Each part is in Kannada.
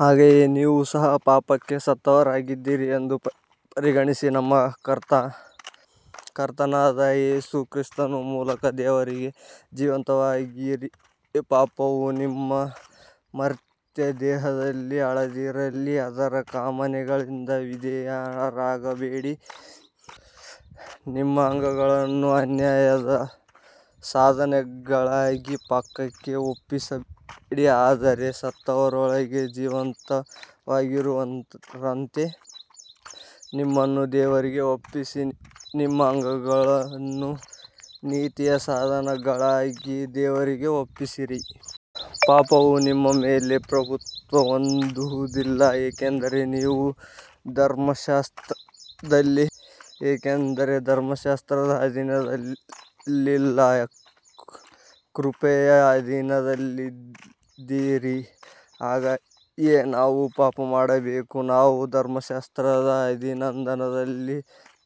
ಹಾಗೆಯೇ ನೀವು ಸಹ ಪಾಪಕ್ಕೆ ಸತ್ತವರಾಗಿದ್ದೀರಿ ಎಂದು ಪರಿಗಣಿಸಿ, ನಮ್ಮ ಕರ್ತನಾದ ಯೇಸು ಕ್ರಿಸ್ತನ ಮೂಲಕ ದೇವರಿಗೆ ಜೀವಂತವಾಗಿರಿ. ಪಾಪವು ನಿಮ್ಮ ಮರ್ತ್ಯ ದೇಹದಲ್ಲಿ ಆಳದಿರಲಿ, ಅದರ ಕಾಮನೆಗಳಿಗೆ ವಿಧೇಯರಾಗಬೇಡಿ. ನಿಮ್ಮ ಅಂಗಗಳನ್ನು ಅನ್ಯಾಯದ ಸಾಧನಗಳಾಗಿ ಪಾಪಕ್ಕೆ ಒಪ್ಪಿಸಬೇಡಿ, ಆದರೆ ಸತ್ತವರೊಳಗಿಂದ ಜೀವಂತವಾಗಿರುವವರಂತೆ ನಿಮ್ಮನ್ನು ದೇವರಿಗೆ ಒಪ್ಪಿಸಿ, ನಿಮ್ಮ ಅಂಗಗಳನ್ನು ನೀತಿಯ ಸಾಧನಗಳಾಗಿ ದೇವರಿಗೆ ಒಪ್ಪಿಸಿರಿ. ಪಾಪವು ನಿಮ್ಮ ಮೇಲೆ ಪ್ರಭುತ್ವ ಹೊಂದುವುದಿಲ್ಲ, ಏಕೆಂದರೆ ನೀವು ಧರ್ಮಶಾಸ್ತ್ರದ ಅಧೀನದಲ್ಲಿಲ್ಲ, ಕೃಪೆಯ ಅಧೀನದಲ್ಲಿದ್ದೀರಿ. ಹಾಗಾದರೆ ನಾವು ಪಾಪಮಾಡಬೇಕೇ, ನಾವು ಧರ್ಮಶಾಸ್ತ್ರದ ಅಧೀನದಲ್ಲಿಲ್ಲ,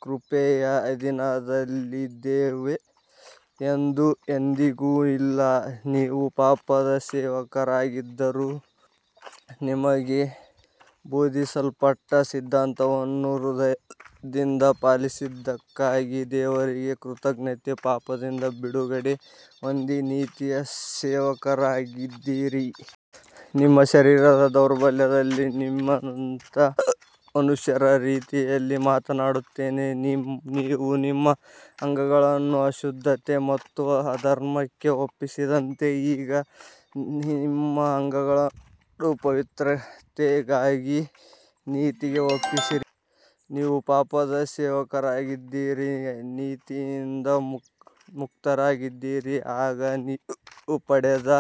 ಕೃಪೆಯ ಅಧೀನದಲ್ಲಿದ್ದೇವೆ ಎಂದು. ಎಂದಿಗೂ ಇಲ್ಲ. ನೀವು ಪಾಪದ ಸೇವಕರಾಗಿದ್ದರೂ, ನಿಮಗೆ ಬೋಧಿಸಲ್ಪಟ್ಟ ಸಿದ್ಧಾಂತವನ್ನು ಹೃದಯದಿಂದ ಪಾಲಿಸಿದ್ದಕ್ಕಾಗಿ ದೇವರಿಗೆ ಕೃತಜ್ಞತೆ. ಪಾಪದಿಂದ ಬಿಡುಗಡೆ ಹೊಂದಿ ನೀತಿಯ ಸೇವಕರಾದಿರಿ. ನಿಮ್ಮ ಶರೀರದ ದೌರ್ಬಲ್ಯದ ನಿಮಿತ್ತ ಮನುಷ್ಯರ ರೀತಿಯಲ್ಲಿ ಮಾತನಾಡುತ್ತೇನೆ. ನೀವು ನಿಮ್ಮ ಅಂಗಗಳನ್ನು ಅಶುದ್ಧತೆ ಮತ್ತು ಅಧರ್ಮಕ್ಕೆ ಒಪ್ಪಿಸಿದಂತೆ, ಈಗ ನಿಮ್ಮ ಅಂಗಗಳನ್ನು ಪವಿತ್ರತೆಗಾಗಿ ನೀತಿಗೆ ಒಪ್ಪಿಸಿರಿ. ನೀವು ಪಾಪದ ಸೇವಕರಾಗಿದ್ದಾಗ ನೀತಿಯಿಂದ ಮುಕ್ತರಾಗಿದ್ದಿರಿ. ಆಗ ನೀವು ಪಡೆದ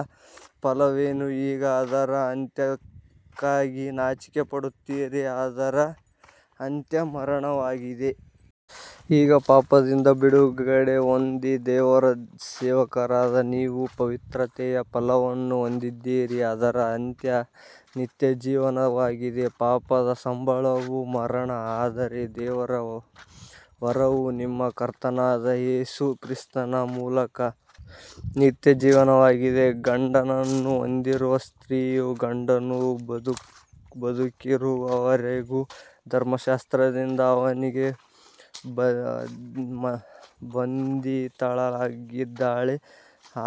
ಫಲವೇನು, ಈಗ ಅದರ ಅಂತ್ಯಕ್ಕಾಗಿ ನಾಚಿಕೆಪಡುತ್ತೀರಿ, ಅದರ ಅಂತ್ಯ ಮರಣವಾಗಿದೆ. ಈಗ ಪಾಪದಿಂದ ಬಿಡುಗಡೆ ಹೊಂದಿ ದೇವರ ಸೇವಕರಾದ ನೀವು ಪವಿತ್ರತೆಯ ಫಲವನ್ನು ಹೊಂದಿದ್ದೀರಿ, ಅದರ ಅಂತ್ಯ ನಿತ್ಯಜೀವವಾಗಿದೆ. ಪಾಪದ ಸಂಬಳವು ಮರಣ, ಆದರೆ ದೇವರ ವರವು ನಮ್ಮ ಕರ್ತನಾದ ಯೇಸು ಕ್ರಿಸ್ತನ ಮೂಲಕ ನಿತ್ಯಜೀವವಾಗಿದೆ. ಗಂಡನನ್ನು ಹೊಂದಿರುವ ಸ್ತ್ರೀಯು ಗಂಡನು ಬದುಕಿರುವವರೆಗೂ ಧರ್ಮಶಾಸ್ತ್ರದಿಂದ ಅವನಿಗೆ ಬಂಧಿತಳಾಗಿದ್ದಾಳೆ,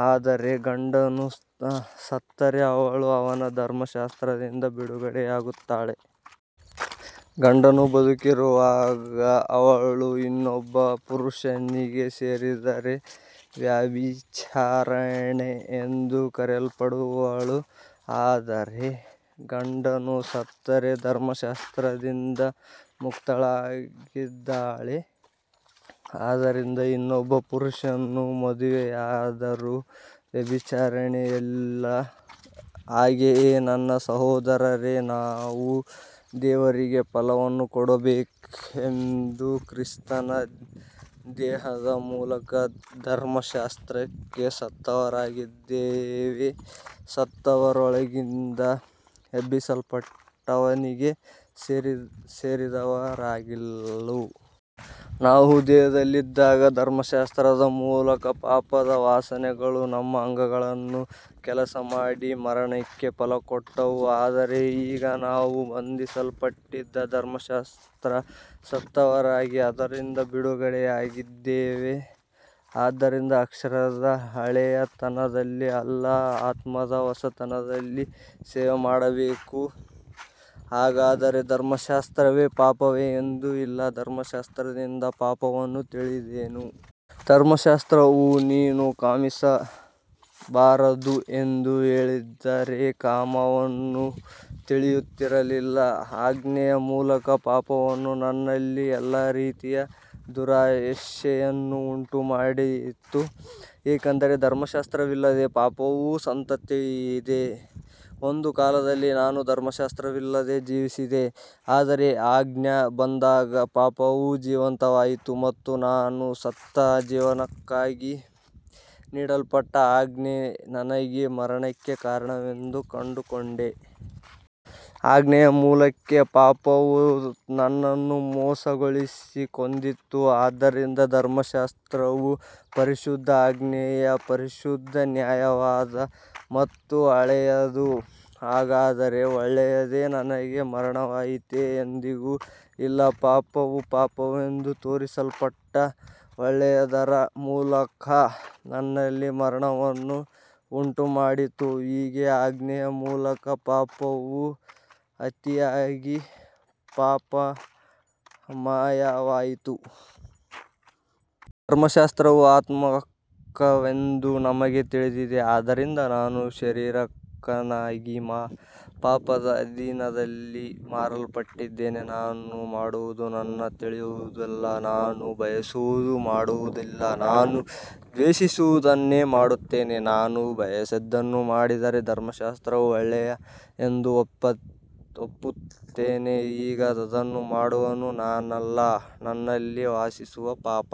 ಆದರೆ ಗಂಡನು ಸತ್ತರೆ ಅವಳು ಅವನ ಧರ್ಮಶಾಸ್ತ್ರದಿಂದ ಬಿಡುಗಡೆಯಾಗುತ್ತಾಳೆ. ಗಂಡನು ಬದುಕಿರುವಾಗ ಅವಳು ಇನ್ನೊಬ್ಬ ಪುರುಷನಿಗೆ ಸೇರಿದರೆ ವ್ಯಭಿಚಾರಿಣಿ ಎಂದು ಕರೆಯಲ್ಪಡುವಳು, ಆದರೆ ಗಂಡನು ಸತ್ತರೆ ಆ ಧರ್ಮಶಾಸ್ತ್ರದಿಂದ ಮುಕ್ತಳಾಗಿದ್ದಾಳೆ, ಆದ್ದರಿಂದ ಇನ್ನೊಬ್ಬ ಪುರುಷನನ್ನು ಮದುವೆಯಾದರೂ ವ್ಯಭಿಚಾರಿಣಿಯಲ್ಲ. ಹಾಗೆಯೇ ನನ್ನ ಸಹೋದರರೇ, ನಾವು ದೇವರಿಗೆ ಫಲವನ್ನು ಕೊಡಬೇಕೆಂದು ಕ್ರಿಸ್ತನ ದೇಹದ ಮೂಲಕ ಧರ್ಮಶಾಸ್ತ್ರಕ್ಕೆ ಸತ್ತವರಾಗಿದ್ದೇವೆ, ಸತ್ತವರೊಳಗಿಂದ ಎಬ್ಬಿಸಲ್ಪಟ್ಟವನಿಗೆ ಸೇರಿದವರಾಗಲು. ನಾವು ದೇಹದಲ್ಲಿದ್ದಾಗ ಧರ್ಮಶಾಸ್ತ್ರದ ಮೂಲಕ ಪಾಪದ ವಾಸನೆಗಳು ನಮ್ಮ ಅಂಗಗಳಲ್ಲಿ ಕೆಲಸಮಾಡಿ ಮರಣಕ್ಕೆ ಫಲಕೊಟ್ಟವು. ಆದರೆ ಈಗ ನಾವು ಬಂಧಿಸಲ್ಪಟ್ಟಿದ್ದ ಧರ್ಮಶಾಸ್ತ್ರಕ್ಕೆ ಸತ್ತವರಾಗಿ ಅದರಿಂದ ಬಿಡುಗಡೆಯಾಗಿದ್ದೇವೆ, ಆದ್ದರಿಂದ ಅಕ್ಷರದ ಹಳೆಯತನದಲ್ಲಿ ಅಲ್ಲ, ಆತ್ಮದ ಹೊಸತನದಲ್ಲಿ ಸೇವೆಮಾಡಬೇಕು. ಹಾಗಾದರೆ ಧರ್ಮಶಾಸ್ತ್ರವೇ ಪಾಪವೇ. ಎಂದಿಗೂ ಇಲ್ಲ. ಧರ್ಮಶಾಸ್ತ್ರದಿಂದಲೇ ಪಾಪವನ್ನು ತಿಳಿದೆನು. ಧರ್ಮಶಾಸ್ತ್ರವು ನೀನು ಕಾಮಿಸಬಾರದು ಎಂದು ಹೇಳದಿದ್ದರೆ ಕಾಮವನ್ನು ತಿಳಿಯುತ್ತಿರಲಿಲ್ಲ. ಆಜ್ಞೆಯ ಮೂಲಕ ಪಾಪವು ನನ್ನಲ್ಲಿ ಎಲ್ಲಾ ರೀತಿಯ ದುರಾಶೆಯನ್ನು ಉಂಟುಮಾಡಿತು, ಏಕೆಂದರೆ ಧರ್ಮಶಾಸ್ತ್ರವಿಲ್ಲದೆ ಪಾಪವು ಸತ್ತಂತಿದೆ. ಒಂದು ಕಾಲದಲ್ಲಿ ನಾನು ಧರ್ಮಶಾಸ್ತ್ರವಿಲ್ಲದೆ ಜೀವಿಸಿದ್ದೆ, ಆದರೆ ಆಜ್ಞೆ ಬಂದಾಗ ಪಾಪವು ಜೀವಂತವಾಯಿತು ಮತ್ತು ನಾನು ಸತ್ತೆ. ಜೀವನಕ್ಕಾಗಿ ನೀಡಲ್ಪಟ್ಟ ಆಜ್ಞೆಯೇ ನನಗೆ ಮರಣಕ್ಕೆ ಕಾರಣವೆಂದು ಕಂಡುಕೊಂಡೆ. ಆಜ್ಞೆಯ ಮೂಲಕ ಪಾಪವು ನನ್ನನ್ನು ಮೋಸಗೊಳಿಸಿ ಕೊಂದಿತು. ಆದ್ದರಿಂದ ಧರ್ಮಶಾಸ್ತ್ರವು ಪರಿಶುದ್ಧ, ಆಜ್ಞೆಯು ಪರಿಶುದ್ಧ, ನ್ಯಾಯವಾದ ಮತ್ತು ಒಳ್ಳೆಯದು. ಹಾಗಾದರೆ ಒಳ್ಳೆಯದೇ ನನಗೆ ಮರಣವಾಯಿತೇ. ಎಂದಿಗೂ ಇಲ್ಲ. ಪಾಪವು ಪಾಪವೆಂದು ತೋರಿಸಲ್ಪಟ್ಟು, ಒಳ್ಳೆಯದರ ಮೂಲಕ ನನ್ನಲ್ಲಿ ಮರಣವನ್ನು ಉಂಟುಮಾಡಿತು, ಹೀಗೆ ಆಜ್ಞೆಯ ಮೂಲಕ ಪಾಪವು ಅತಿಯಾಗಿ ಪಾಪಮಯವಾಯಿತು. ಧರ್ಮಶಾಸ್ತ್ರವು ಆತ್ಮಿಕವೆಂದು ನಮಗೆ ತಿಳಿದಿದೆ, ಆದರೆ ನಾನು ಶರೀರಿಕನಾಗಿ ಪಾಪದ ಅಧೀನದಲ್ಲಿ ಮಾರಲ್ಪಟ್ಟಿದ್ದೇನೆ. ನಾನು ಮಾಡುವುದನ್ನು ನಾನು ತಿಳಿಯುವುದಿಲ್ಲ, ನಾನು ಬಯಸುವುದನ್ನು ಮಾಡುವುದಿಲ್ಲ, ನಾನು ದ್ವೇಷಿಸುವುದನ್ನೇ ಮಾಡುತ್ತೇನೆ. ನಾನು ಬಯಸದದ್ದನ್ನು ಮಾಡಿದರೆ ಧರ್ಮಶಾಸ್ತ್ರವು ಒಳ್ಳೆಯದು ಎಂದು ಒಪ್ಪುತ್ತೇನೆ. ಈಗ ಅದನ್ನು ಮಾಡುವವನು ನಾನಲ್ಲ, ನನ್ನಲ್ಲಿ ವಾಸಿಸುವ ಪಾಪ.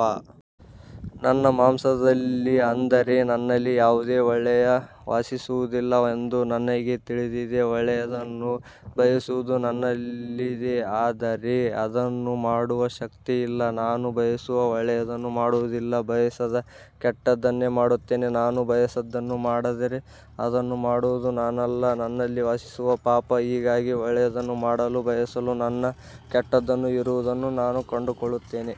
ನನ್ನ ಮಾಂಸದಲ್ಲಿ, ಅಂದರೆ ನನ್ನಲ್ಲಿ, ಯಾವುದೇ ಒಳ್ಳೆಯದು ವಾಸಿಸುವುದಿಲ್ಲ ಎಂದು ನನಗೆ ತಿಳಿದಿದೆ. ಒಳ್ಳೆಯದನ್ನು ಬಯಸುವುದು ನನ್ನಲ್ಲಿದೆ, ಆದರೆ ಅದನ್ನು ಮಾಡುವ ಶಕ್ತಿ ಇಲ್ಲ. ನಾನು ಬಯಸುವ ಒಳ್ಳೆಯದನ್ನು ಮಾಡುವುದಿಲ್ಲ, ಬಯಸದ ಕೆಟ್ಟದ್ದನ್ನೇ ಮಾಡುತ್ತೇನೆ. ನಾನು ಬಯಸದದ್ದನ್ನು ಮಾಡಿದರೆ ಅದನ್ನು ಮಾಡುವವನು ನಾನಲ್ಲ, ನನ್ನಲ್ಲಿ ವಾಸಿಸುವ ಪಾಪ. ಹೀಗಾಗಿ ಒಳ್ಳೆಯದನ್ನು ಮಾಡಲು ಬಯಸುವ ನನ್ನಲ್ಲಿ ಕೆಟ್ಟದ್ದು ಇರುವುದನ್ನು ನಾನು ಕಂಡುಕೊಳ್ಳುತ್ತೇನೆ.